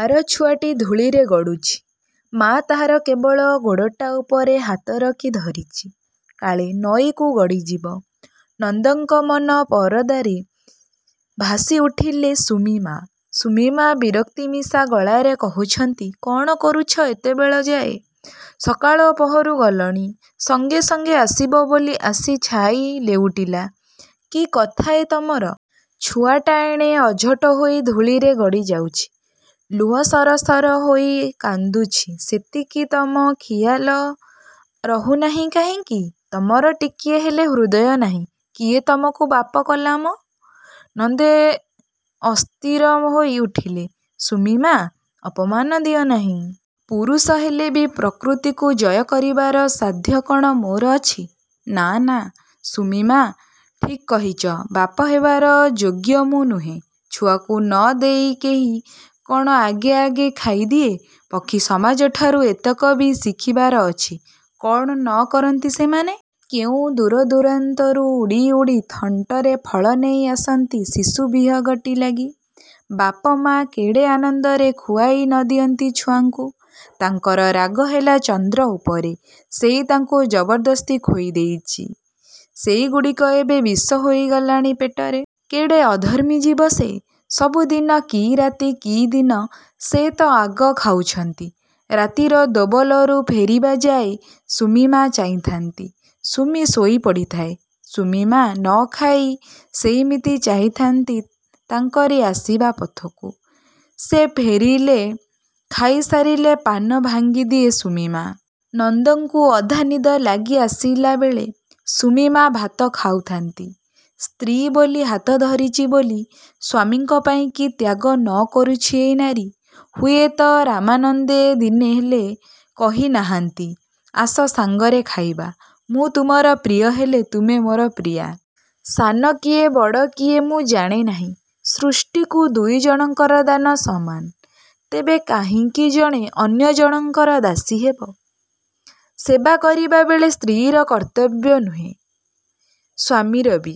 ଆର ଛୁଆଟି ଧୂଳିରେ ଗଡ଼ୁଚି ମା' ତାହାର କେବଳ ଗୋଡ଼ଟା ଉପରେ ହାତ ରଖି ଧରିଚି। କାଳେ, ନଈକୁ ଗଡ଼ିଯିବ? ନନ୍ଦଙ୍କ ମନ ପରଦାରେ ଭାସି ଉଠିଲେ ସୁମି-ମା'। ସୁମି-ମା' ବିରକ୍ତିମିଶା ଗଳାରେ କହୁଛନ୍ତି–କ'ଣ କରୁଛ ଏତେବେଳଯାଏଁ। ସକାଳପହରୁ ଗଲଣି; ସାଙ୍ଗେ ସାଙ୍ଗେ ଆସିବ ବୋଲି ଆସି ଛାଇ ଲେଉଟିଲା, କି କଥା ଏ ତମର? ଛୁଆଟା ଏଣେ ଅଝଟ ହୋଇ ଧୂଳିରେ ଗଡ଼ି ଯାଉଚି, ଲୁହ ସରସର ହୋଇ କାନ୍ଦୁଛି ସେଥିକି ତମର ଖିଆଲ ରହୁନାଇଁ କାହିଁକି? ତମର ଟିକିଏ ହେଲେ ହୃଦୟ ନାହିଁ। କିଏ ତମକୁ ବାପ କଲାମଁ? '' ନନ୍ଦେ ଅସ୍ଥିର ହୋଇ ଉଠିଲେ–ସୁମି-ମା, ଅପମାନ ଦିଅ ନାଇଁ। ପୁରୁଷ ହେଲେ ବି ପ୍ରକୃତିକୁ ଜୟ କରିବାର ସାଧ୍ୟ କ'ଣ ମୋର ଅଛି? ନା–ନା, ସୁମି-ମା ଠିକ୍ କହିଚ–ବାପ ହେବାର ଯୋଗ୍ୟ ମୁଁ ନୁହେଁ। ଛୁଆକୁ ନ ଦେଇ କେହି କ'ଣ ଆଗେ ଆଗେ ଖାଇଦିଏ। ପକ୍ଷୀ ସମାଜଠାରୁ ଏତକ ବି ଶିଖିବାର ଅଛି। କ'ଣ ନ କରନ୍ତି ସେମାନେ? କେଉଁ ଦୂରଦୂରାନ୍ତରୁ ଉଡ଼ି ଉଡ଼ି ଥଣ୍ଟରେ ଫଳ ନେଇ ଆସନ୍ତି ଶିଶୁ ବିହଗଟି ଲାଗି–ବାପ, ମା କେଡ଼େ ଆନନ୍ଦରେ ଖୁଆଇ ନ ଦିଅନ୍ତି ଛୁଆଙ୍କୁ-? ତାଙ୍କର ରାଗ ହେଲା ଚନ୍ଦ୍ର ଉପରେ। ସେଇ ତାଙ୍କୁ ଜବରଦସ୍ତି ଖୋଇ ଦେଇଚି। ସେଇଗୁଡ଼ିକ ଏବେ ବିଷ ହୋଇଗଲାଣି ପେଟରେ। କେଡ଼େ ଅଧର୍ମୀ ଜୀବ ସେ? ସବୁଦିନେ କି ରାତି କି ଦିନ ସେ ତ ଆଗ ଖାଉଛନ୍ତି। ରାତିରେ ଦୋବଲରୁ ଫେରିବା ଯାଏଁ ବି ସୁମି ମା ଚାହିଁଥାନ୍ତି-। ସୁମି ଶୋଇ ପଡ଼ିଥାଏ। ସୁମି-ମା ନ ଖାଇ ସେଇମିତି ଚାହିଁଥାନ୍ତି ତାଙ୍କରି ଆସିବା ପଥକୁ। ସେ ଫେରିଲେ, ଖାଇସାରିଲେ ପାନ ଭାଙ୍ଗିଦିଏ ସୁମି-ମା। ନନ୍ଦଙ୍କୁ ଅଧା ନିଦ ଲାଗି ଆସିଲାବେଳେ ସୁମି-ମା ଭାତ ଖାଉଥାନ୍ତି। ସ୍ତ୍ରୀ ବୋଲି, ହାତ ଧରିଚି ବୋଲି ସ୍ୱାମୀପାଇଁ କି ତ୍ୟାଗ ନ କରୁଛି ଏଇ ନାରୀ। ହୁଏତ ରାମାନନ୍ଦେ ଦିନେ ହେଲେ କହି ନାହାନ୍ତି–ଆସ ସାଙ୍ଗରେ ଖାଇବା। ମୁଁ ତୁମର ପ୍ରିୟ ହେଲେ, ତୁମେ ମୋର ପ୍ରିୟା। ସାନ କିଏ ବଡ଼ କିଏ ମୁଁ ଜାଣେ ନାଇଁ। ସୃଷ୍ଟିକୁ ଦୁଇଜଣଙ୍କର ଦାନ ସମାନ। ତେବେ, କାହିଁକି ଜଣେ ଅନ୍ୟ ଜଣଙ୍କର ଦାସୀ ହେବ? ସେବା କରିବା ବେଳେ ସ୍ତ୍ରୀର କର୍ତ୍ତବ୍ୟ ନୁହେଁ, ସ୍ୱାମୀର ବି।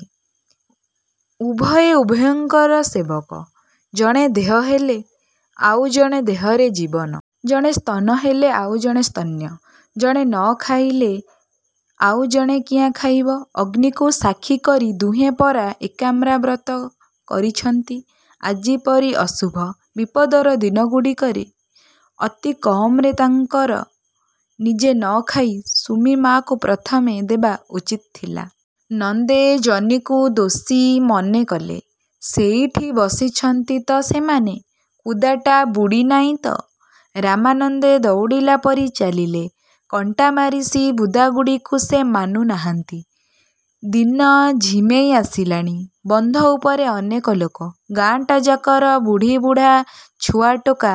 ଉଭୟେ ଉଭୟଙ୍କର ସେବକ। ଜଣେ ଦେହ ହେଲେ ଆଉ ଜଣେ ଦେହରେ ଜୀବନ। ଜଣେ ସ୍ତନ ହେଲେ ଆଉ ଜଣେ ସ୍ତନ୍ୟ। ଜଣେ ନ ଖାଇଲେ ଆଉ ଜଣେ କିଆଁ ଖାଇବ? ଅଗ୍ନିକୁ ସାକ୍ଷୀକରି ଦୁହେଁ ପରା ଏକାତ୍ମାବ୍ରତ କରିଛନ୍ତି। ଆଜିପରି ଅଶୁଭ, ବିପଦର ଦିନଗୁଡ଼ିକରେ ଅତିକମରେ ତାଙ୍କର ନିଜେ ନ ଖାଇ ସୁମି-ମାକୁ ପ୍ରଥମେ ଦେବା ଉଚିତ ଥିଲା। ନନ୍ଦେ ଜନିକୁ ଦୋଷୀ ମନେ କଲେ। ସେଇଠି ବସିଛନ୍ତି ତ ସେମାନେ? କୁଦାଟା ବୁଡ଼ି ନାହିଁ ତ? ରାମାନନ୍ଦେ ଦଉଡ଼ିଲାପରି ଚାଲିଲେ। କଣ୍ଟାମାରିସି ବୁଦାଗୁଡ଼ାକୁ ସେ ମାନୁ ନାହାନ୍ତି। ଦିନ ଝିମେଇ ଆସିଲାଣି। ବନ୍ଧ ଉପରେ ଅନେକ ଲୋକ। ଗାଁଟା ଯାକର ବୁଢ଼ୀ–ବୁଢ଼ା–ଛୁଆ ଟୋକା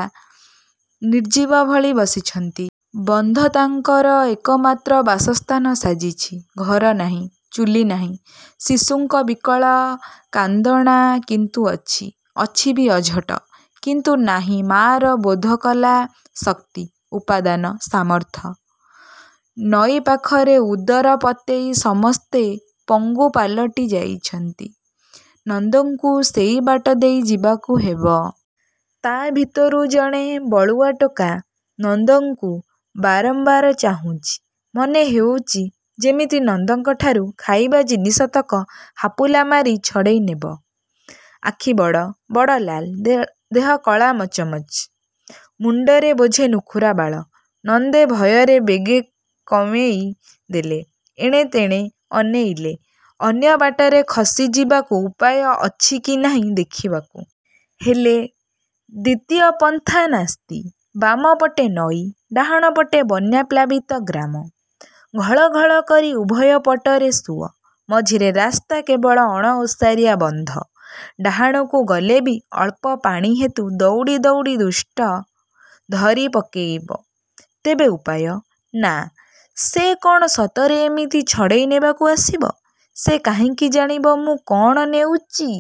ନିର୍ଜୀବ ଭଳି ବସିଛନ୍ତି। ବନ୍ଧ ତାଙ୍କର ଏକମାତ୍ର ବାସସ୍ଥାନ ସାଜିଛି। ଘର ନାହିଁ, ଚୁଲି ନାହିଁ। ଶିଶୁଙ୍କ ବିକଳ କାନ୍ଦଣା କିନ୍ତୁ ଅଛି, ଅଛି ବି ଅଝଟ। କିନ୍ତୁ ନାହିଁ ମା'ର ବୋଧକଲା ଶକ୍ତି, ଉପାଦାନ, ସାମର୍ଥ୍ୟ। ନଈ ପାଖରେ ଉଦର ପତେଇ ସମସ୍ତେ ପଙ୍ଗୁ ପାଲଟି ଯାଇଛନ୍ତି। ନନ୍ଦଙ୍କୁ ସେଇବାଟ ଦେଇ ଯିବାକୁ ହେବ। ତା'ଭିତରୁ ଜଣେ ବଳୁଆ ଟୋକା ନନ୍ଦଙ୍କୁ ବାରମ୍ବାର ଚାହୁଁଚି। ମନେ ହେଉଛି–ଯେମିତି ନନ୍ଦଙ୍କଠାରୁ ଖାଇବା ଜିନିଷତକ ହାପୁଲା ମାରି ଛଡ଼େଇ ନେବ। ଆଖି ବଡ଼, ବଡ଼–ଲାଲ, ଦେହ କଳାମଚମଚ। ମୁଣ୍ଡରେ ବୋଝେ ନୁଖରା ବାଳ। ନନ୍ଦେ ଭୟରେ ବେଗ କମେଇ ଦେଲେ, ଏଣେତେଣେ ଅନେଇଲେ–ଅନ୍ୟବାଟରେ ଖସି ଯିବାକୁ ଉପାୟ ଅଛି କି ନାହିଁ ଦେଖିବାକୁ। ହେଲେ, ଦ୍ୱିତୀୟ ପନ୍ଥା ନାସ୍ତି। ବାମପଟେ ନଈ, ଡାହାଣପଟେ ବନ୍ୟାପ୍ଳାବିତ ଗ୍ରାମ। ଘଳ-ଘଳ କରି ଉଭୟ ପଟରେ ସୁଅ। ମଝିରେ ରାସ୍ତା କେବଳ ଅଣଓସାରିଆ ବନ୍ଧ। ଡାହାଣକୁ ଗଲେ ବି ଅଳ୍ପ ପାଣି ହେତୁ ଦଉଡ଼ି ଦଉଡ଼ି ଦୁଷ୍ଟ ଧରି ପକେଇବ। ତେବେ ଉପାୟ? ନା, ସେ କ'ଣ ସତରେ ଏମିତି ଛଡ଼େଇ ନେବାକୁ ଆସିବ? ସେ କାହିଁକି ଜାଣିବ ମୁଁ କଣ ନେଉଚି।